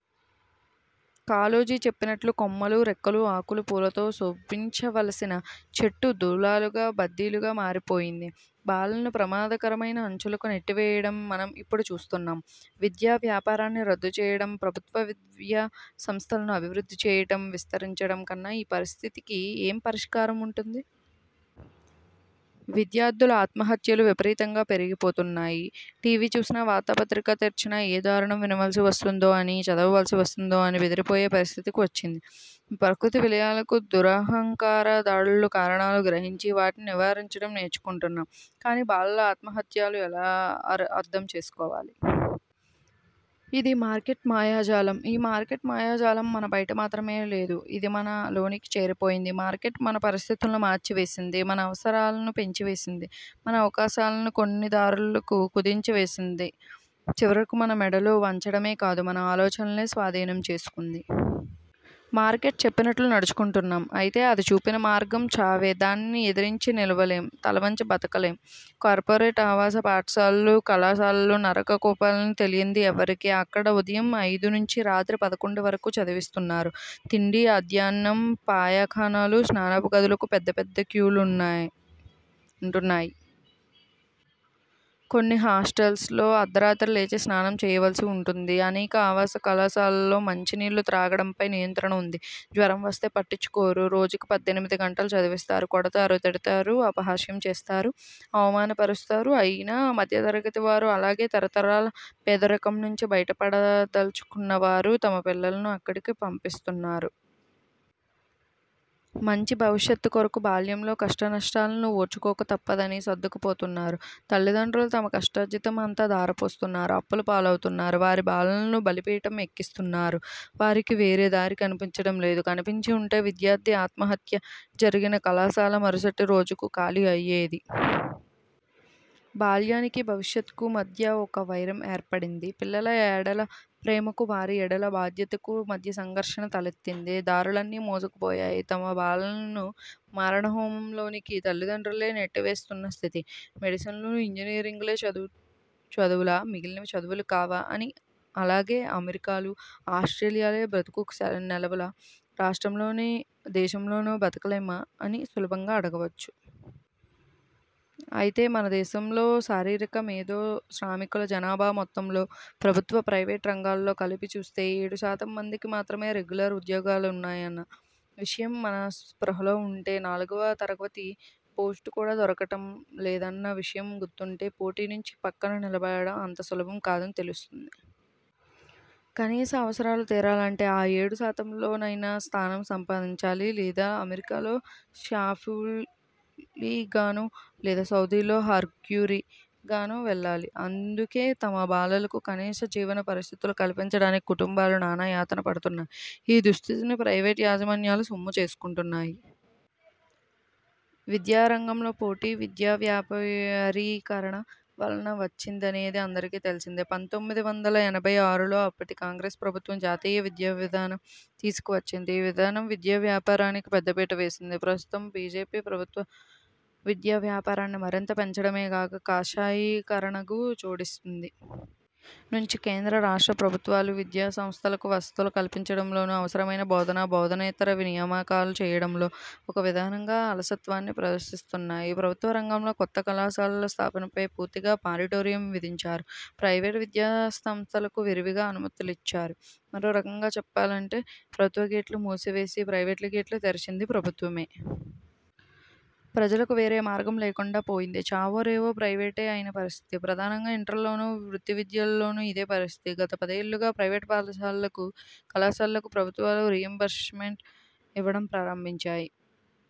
కాళోజీ చెప్పినట్లు కొమ్మలు, రెమ్మలు, ఆకులు, పూలతో శోభించవలసిన చెట్టు దూలాలుగా, బద్దీలుగా మారిపోయింది. బాలలను ప్రమాదకరమైన అంచులకు నెట్టి వేయడం మనం ఇప్పుడు చూస్తూన్నాం. విద్యా వ్యాపారాన్ని రద్దు చేయడం, ప్రభుత్వ విద్యా సంస్థలను అభివృద్ధి చేయడం, విస్తరించడం కన్నా ఈ పరిస్థితికి ఏం పరిష్కారం ఉంటుంది? విద్యార్థుల ఆత్మహత్యలు విపరీతంగా పెరిగి పోతున్నాయి. టి. వి.చూసినా, వార్తా పత్రిక తెరిచినా ఏ దారుణం వినవలసి వస్తుందో అని, చదవవలసి వస్తుందో అని బెదిరి పోయే పరిస్థితి వచ్చింది. ప్రకృతి విలయాలకు, దురహంకార దాడులకు కారణాలు గ్రహించి, వాటిని నివారించడం నేర్చుకుంటున్నాం. కాని బాలల ఆత్మహత్యలను ఎలా అర్థం చేసుకోవాలి? ఇది మార్కెట్ మాయాజాలం. ఈ మార్కెట్ మాయాజాలం మన బయట మాత్రమే లేదు. ఇది మన లోనికి చేరిపోయింది. మార్కెట్ మన పరిస్థితులను మార్చి వేసింది, మన అవసరాలను పెంచి వేసింది, మన అవకాశాలను కొన్ని దారులకు కుదించి వేసింది. చివరకు మన మెడలు వంచడమే కాదు, మన ఆలోచనలనే స్వాధీనం చేసుకుంది. మార్కెట్ చెప్పినట్లు నడుచుకుంటున్నాం. అయితే అది చూపిన మార్గం చావే! దానిని ఎదిరించి నిలువలేం, తలవంచి బ్రతకలేం! కార్పొరేట్ ఆవాస పాఠశాలలు, కళాశాలలు నరక కూపాలని తెలియంది ఎవరికి? అక్కడ ఉదయం ఐదు నుంచి రాత్రి పదకొండు వరకు చదివిస్తున్నారు. తిండి అధ్యాన్నం. పాయఖానాలు, స్నానపు గదులకు పెద్ద, పెద్ద క్యూలు ఉంటున్నాయి. కొన్ని హాస్టల్స్లో అర్ధరాత్రి లేచి స్నానం చేయవలసి ఉంటుంది. అనేక ఆవాస కళాశాలలలో మంచి నీళ్ళు త్రాగడంపై నియంత్రణ ఉంది. జ్వరం వస్తే పట్టించుకోరు. రోజుకు పద్దెనిమిది గంటలు చదివిస్తారు. కొడతారు, తిడతారు, అపహాస్యం చేస్తారు, అవమాన పరుస్తారు. అయినా మధ్య తరగతి వారు, అలాగే తరతరాల పేదరికం నుంచి బయటపడదలచుకున్నవారు తమ పిల్లలను అక్కడికే పంపిస్తున్నారు. మంచి భవిష్యత్ కొరకు బాల్యంలో కష్ట్టనష్టాలను ఓర్చుకోక తప్పదని సర్దుకు పోతున్నారు. తల్లిదండ్రులు తమ కష్టార్జితం అంతా ధార పోస్తూన్నారు. అప్పుల పాలవుతున్నారు. వారి బాలలను బలి పీఠం ఎక్కిస్తూన్నారు. వారికి వేరే దారి కనిపించడం లేదు. కనిపించి ఉంటే విద్యార్థి ఆత్మహత్య జరిగిన కళాశాల మరుసటి రోజుకు ఖాళీ అయ్యేది. బాల్యానికి భవిష్యత్కు మధ్య ఒక వైరం ఏర్పడింది. పిల్లల ఎడల ప్రేమకు వారి ఎడల బాధ్యతకు మధ్య సంఘర్షణ తలెత్తింది! దారులన్నీ మూసుకుపోయాయి. తమ బాలలను మారణ హోమం లోనికి తల్లిదండ్రులే నెట్టి వేస్తూన్న స్థితి. మెడిసిన్లు ఇంజనీరింగులే చదువులా, మిగిలినవి చదువులు కావా అని, అలాగే అమెరికాలు, ఆస్ట్రేలియాలే బ్రతుకుకు నెలవులా రాష్ట్రంలోనో దేశంలోనో బ్రతకలేమా అని సులభంగా అడగవచ్చు. అయితే మన దేశంలో శారీరక, మేధో శ్రామికుల జనాభా మొత్తంలో ప్రభుత్వ, ప్రైవేట్ రంగాలలో కలిపి చూస్తే ఏడు శాతం మందికి మాత్రమే రెగ్యులర్ ఉద్యోగాలున్నాయన్న విషయం మన స్పృహలో ఉంటే, నాలుగవ తరగతి పోస్టు కూడా దొరకడం లేదన్న విషయం గుర్తుంటే, పోటీ నుంచి ప్రక్కన నిలబడడం అంత సులభం కాదని తెలుస్తుంది. కనీస అవసరాలు తీరాలంటే ఆ ఏడు శాతంలో నైనా స్థానం సంపాదించాలి లేదా అమెరికాలో సాఫ్ట్కూలీ గానో లేదా సౌదీలో హార్డ్కూలీ గానో వెళ్ళాలి. అందుకే తమ బాలలకు కనీస జీవన పరిస్థితులు కల్పించడానికి కుటుంబాలు నానా యాతన పడుతున్నాయి. ఈ దుస్థితిని ప్రైవేట్ యాజమాన్యాలు సొమ్ము చేసుకుంటున్నాయి. విద్యా రంగంలో పోటీ విద్యావ్యాపారీకరణ వలన వచ్చిందనేది అందరికీ తెలిసిందే. పంతొమ్మిది వందల ఎనభై ఆరులో అప్పటి కాంగ్రెస్ ప్రభుత్వం 'జాతీయ విద్యావిధానం ' తీసుకు వచ్చింది. ఈ విధానం విద్యా వ్యాపారానికి పెద్దపీట వేసింది. ప్రస్తుత బీజేపీ ప్రభుత్వం విద్యా ప్యాపారాన్ని మరింత పెంచడమే గాక కాషాయీకరణను జోడిస్తూంది. నుంచి కేంద్ర రాష్ట్ర ప్రభుత్వాలు విద్యా సంస్థలకు వసతులు కల్పించడం లోనూ, అవసరమైన బోధన, బోధనేతర నియామకాలు చేయడంలోనూ, ఒక విధానంగా, అలసత్వాన్ని ప్రదర్శిస్తూన్నాయి. ప్రభుత్వ రంగంలో కొత్త కళాశాలల స్థాపనపై పూర్తిగా మారిటోరియం విధించారు. ప్రైవేట్ విద్యా సంస్థలకు విరివిగా అనుమతులిచ్చారు. మరొక రకంగా చెప్పాలంటే ప్రభుత్వ గేట్లు మూసి వేసి ప్రైవేట్ గేట్లు తెరచింది ప్రభుత్వమే. ప్రజలకు వేరే మార్గం లేకండా పోయింది. చావో రేవో ప్రైవేటే అయిన పరిస్థితి. ప్రధానంగా ఇంటర్లోనూ, వృత్తి విద్యలలోనూ ఇదే పరిస్థితి. గత పదేళ్ళుగా ప్రైవేట్ పాఠశాలలకు, కళాశాలలకు ప్రభుత్వాలు రీయింబర్స్మెంట్ ఇవ్వడం ప్రారంభించాయి.